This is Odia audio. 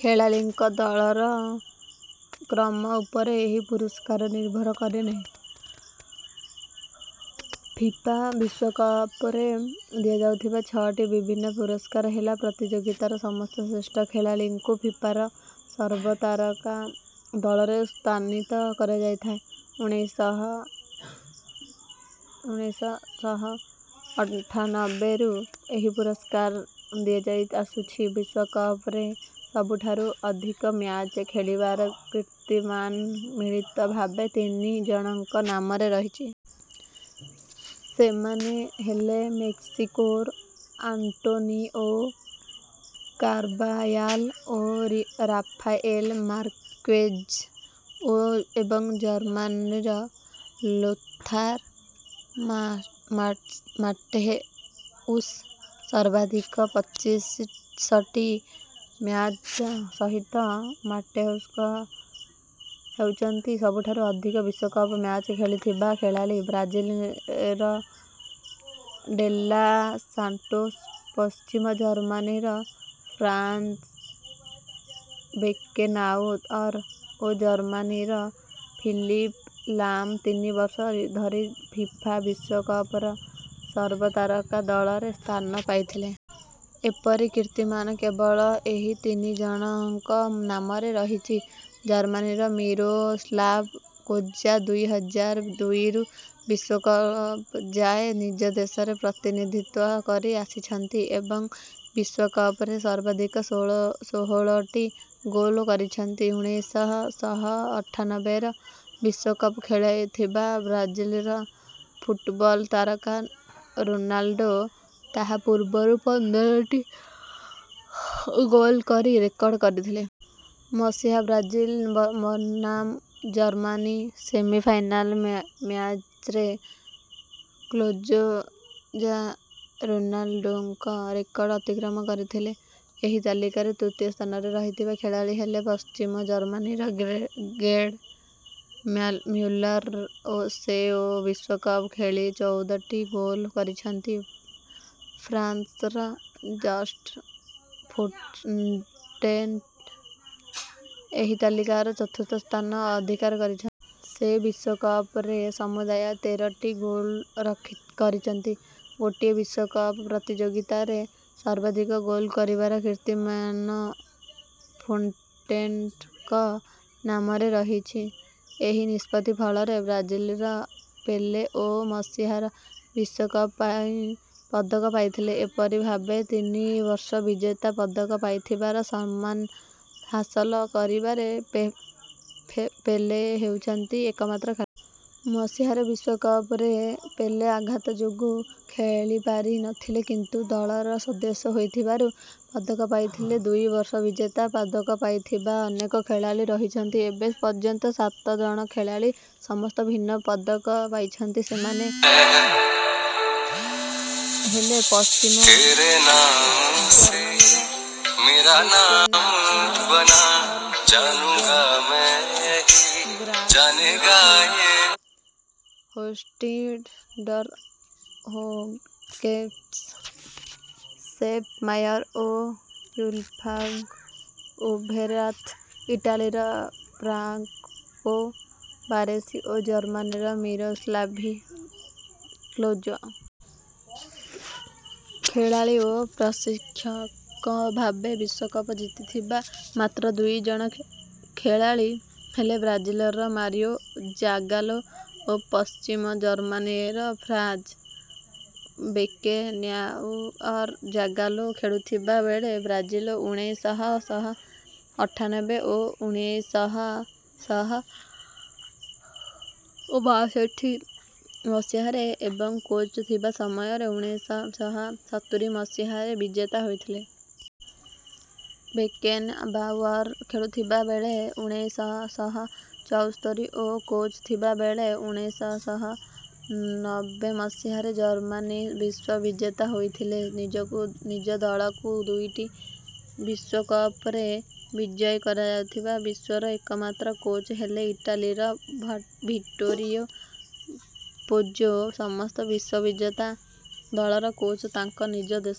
ଖେଳାଳୀଙ୍କ ଦଳର କ୍ରମ ଉପରେ ଏହି ପୁରସ୍କାର ନିର୍ଭର କରେନାହିଁ। ଫିଫା ବିଶ୍ୱକପରେ ଦିଆଯାଉଥିବା ଛଅଟି ବିଭିନ୍ନ ପୁରସ୍କାର ହେଲା ପ୍ରତିଯୋଗିତାର ସମସ୍ତ ଶ୍ରେଷ୍ଠ ଖେଳାଳୀଙ୍କୁ ଫିଫାର ସର୍ବତାରକା ଦଳରେ ସ୍ଥାନୀତ କରାଯାଇଥାଏ। ଉଣେଇଶ ଶହ ଅଠାନବେରୁ ଏହି ପୁରସ୍କାର ଦିଆଯାଇ ଆସୁଛି। ବିଶ୍ୱକପରେ ସବୁଠାରୁ ଅଧିକ ମ୍ୟାଚ୍ ଖେଳିବାର କିର୍ତ୍ତୀମାନ ମିଳିତ ଭାବେ ତିନି ଜଣଙ୍କ ନାମରେ ରହିଛି। ସେମାନେ ହେଲେ ମେକ୍ସିକୋର ଆଣ୍ଟୋନିଓ କାର୍ବାୟାଲ୍ ଓ ରାଫାଏଲ୍ ମାର୍କ୍ୱେଜ୍ ଏବଂ ଜର୍ମାନୀର ଲୋଥାର୍ ମାଟ୍ହେଉସ୍। ସର୍ବାଧିକ ପଚିଶଟି ମ୍ୟାଚ୍ ସହିତ ମାଟ୍ହେଉସ୍ ହେଉଛନ୍ତି ସବୁଠାରୁ ଅଧିକ ବିଶ୍ୱକପ ମ୍ୟାଚ୍ ଖେଳିଥିବା ଖେଳାଳୀ। ବ୍ରାଜିଲର ଡେଲ୍ମା ସାଣ୍ଟୋସ୍ ପଶ୍ଚିମ ଜର୍ମାନୀର ଫ୍ରାଂଜ୍ ବେକେନ୍ବାଉଅର୍ ଓ ଜର୍ମାନୀର ଫିଲିପ୍ ଲାମ୍ ତିନି ବର୍ଷ ଧରି ଫିଫା ବିଶ୍ୱକପର ସର୍ବତାରକା ଦଳରେ ସ୍ଥାନ ପାଇଥିଲେ। ଏପରି କୀର୍ତ୍ତିମାନ କେବଳ ଏହି ତିନିଜଣଙ୍କ ନାମରେ ରହିଛି। ଜର୍ମାନୀର ମିରୋସ୍ଲାଭ୍ କ୍ଲୋଜା ଦୁଇ ହଜାର ଦୁଇରୁ ବିଶ୍ୱକପ ଯାଏଁ ନିଜ ଦେଶର ପ୍ରତିନିଧିତ୍ୱ କରି ଆସିଛନ୍ତି ଏବଂ ବିଶ୍ୱକପରେ ସର୍ବାଧିକ ଷୋହଳଟି ଗୋଲ୍ କରିଛନ୍ତି। ଉଣେଇଶ ଶହ ଅଠାନବେର ବିଶ୍ୱକପ ଖେଳିଥିବା ବ୍ରାଜିଲର ଫୁଟବଲ୍ ତାରକା ରୋନାଲ୍ଡୋ ତାହା ପୂର୍ବରୁ ପନ୍ଦରଟି ଗୋଲ୍ କରି ରେକର୍ଡ଼୍ କରିଥିଲେ। ମସିହା ବ୍ରାଜିଲ୍ ବନାମ ଜର୍ମାନୀ ସେମିଫାଇନାଲ୍ ମ୍ୟାଚ୍ରେ କ୍ଲୋଜା ରୋନାଲ୍ଡୋଙ୍କ ରେକର୍ଡ଼୍ ଅତିକ୍ରମ କରିଥିଲେ। ଏହି ତାଲିକାରେ ତୃତୀୟ ସ୍ଥାନରେ ରହିଥିବା ଖେଳାଳୀ ହେଲେ ପଶ୍ଚିମ ଜର୍ମାନୀର ଗେର୍ଡ୍ ମ୍ୟୁଲର୍। ସେ ଓ ବିଶ୍ୱକପ ଖେଳି ଚଉଦଟି ଗୋଲ୍ କରିଛନ୍ତି। ଫ୍ରାଂସ୍ର ଜଷ୍ଟ୍ ଫୋଣ୍ଟେନ୍ ଏହି ତାଲିକାର ଚତୁର୍ଥ ସ୍ଥାନ ଅଧିକାର କରିଛନ୍ତି। ସେ ବିଶ୍ୱକପରେ ସମୁଦାୟ ତେରଟି ଗୋଲ୍ କରିଛନ୍ତି। ଗୋଟିଏ ବିଶ୍ୱକପ ପ୍ରତିଯୋଗିତାରେ ସର୍ବାଧିକ ଗୋଲ କରିବାର କୀର୍ତ୍ତିମାନ ଫୋଣ୍ଟେନ୍ଙ୍କ ନାମରେ ରହିଛି। ଏହି ନିଷ୍ପତ୍ତି ଫଳରେ ବ୍ରାଜିଲର ପେଲେ ଓ ମସିହାର ବିଶ୍ୱକପ ପାଇଁ ପଦକ ପାଇଥିଲେ। ଏପରି ଭାବେ ତିନି ବର୍ଷ ବିଜେତା ପଦକ ପାଇଥିବାର ସମ୍ମାନ ହାସଲ କରିବାରେ ପେଲେ ହେଉଛନ୍ତି ଏକମାତ୍ର ଖେଳାଳୀ। ମସିହାର ବିଶ୍ୱକପରେ ପେଲେ ଆଘାତ ଯୋଗୁଁ ଖେଳିପାରି ନଥିଲେ କିନ୍ତୁ ଦଳର ସଦସ୍ୟ ହୋଇଥିବାରୁ ପଦକ ପାଇଥିଲେ। ଦୁଇ ବର୍ଷ ବିଜେତା ପଦକ ପାଇଥିବା ଅନେକ ଖେଳାଳୀ ରହିଛନ୍ତି। ଏବେ ପର୍ଯ୍ୟନ୍ତ ସାତ ଜଣ ଖେଳାଳୀ ସମସ୍ତ ଭିନ୍ନ ପଦକ ପାଇଛନ୍ତି। ସେମାନେ ହେଲେ ପଶ୍ଚିମ ଜର୍ମାନୀର Beckenbauer Jürgen Grabowski Horst Dieter Höttges Sepp Maier ଓ ୱୁଲ୍ଫ୍ଗାଂଗ୍ ଓଭେରାଥ୍ ଇଟାଲୀର ଫ୍ରାଂକୋ ବାରେସି ଓ ଜର୍ମାନୀର ମିରୋସ୍ଲାଭ୍ କ୍ଲୋଜା। ଖେଳାଳୀ ଓ ପ୍ରଶିକ୍ଷକ ଭାବେ ବିଶ୍ୱକପ ଜିତିଥିବା ମାତ୍ର ଦୁଇ ଜଣ ଖେଳାଳୀ ହେଲେ ବ୍ରାଜିଲର ମାରିଓ ଜାଗାଲୋ ଓ ପଶ୍ଚିମ ଜର୍ମାନୀର ଫ୍ରାଂଜ୍ ବେକେନ୍ବାଉଅର୍। ଜାଗାଲୋ ଖେଳୁଥିବା ବେଳେ ବ୍ରାଜିଲ୍ ଉଣେଇଶ ଶହ ଅଠାବନ ଓ ଉଣେଇଶ ଶହ ବାଷଠି ମସିହାରେ ଏବଂ କୋଚ୍ ଥିବା ସମୟରେ ଉଣେଇଶ ଶହ ସତୁରି ମସିହାରେ ବିଜେତା ହୋଇଥିଲା । ବେକେନ୍‍ବାଉଅର୍ ଖେଳୁଥିବା ବେଳେ ଉଣେଇଶ ଶହ ଚଉସ୍ତରୀ ଓ କୋଚ୍ ଥିବା ବେଳେ ଉଣେଇଶ ଶହ ନବ୍ବେ ମସିହାରେ ଜର୍ମାନୀ ବିଶ୍ୱବିଜେତା ହୋଇଥିଲା। ନିଜ ଦଳକୁ ଦୁଇଟି ବିଶ୍ୱକପରେ ବିଜୟୀ କରାଇଥିବା ବିଶ୍ୱର ଏକମାତ୍ର କୋଚ୍ ହେଲେ ଇଟାଲୀର ଭ ଭିଟ୍ଟୋରିଓ ପୋଜ୍ଜୋ। ସମସ୍ତ ବିଶ୍ୱବିଜେତା ଦଳର କୋଚ୍ ତାଙ୍କ ନିଜ ଦେଶର।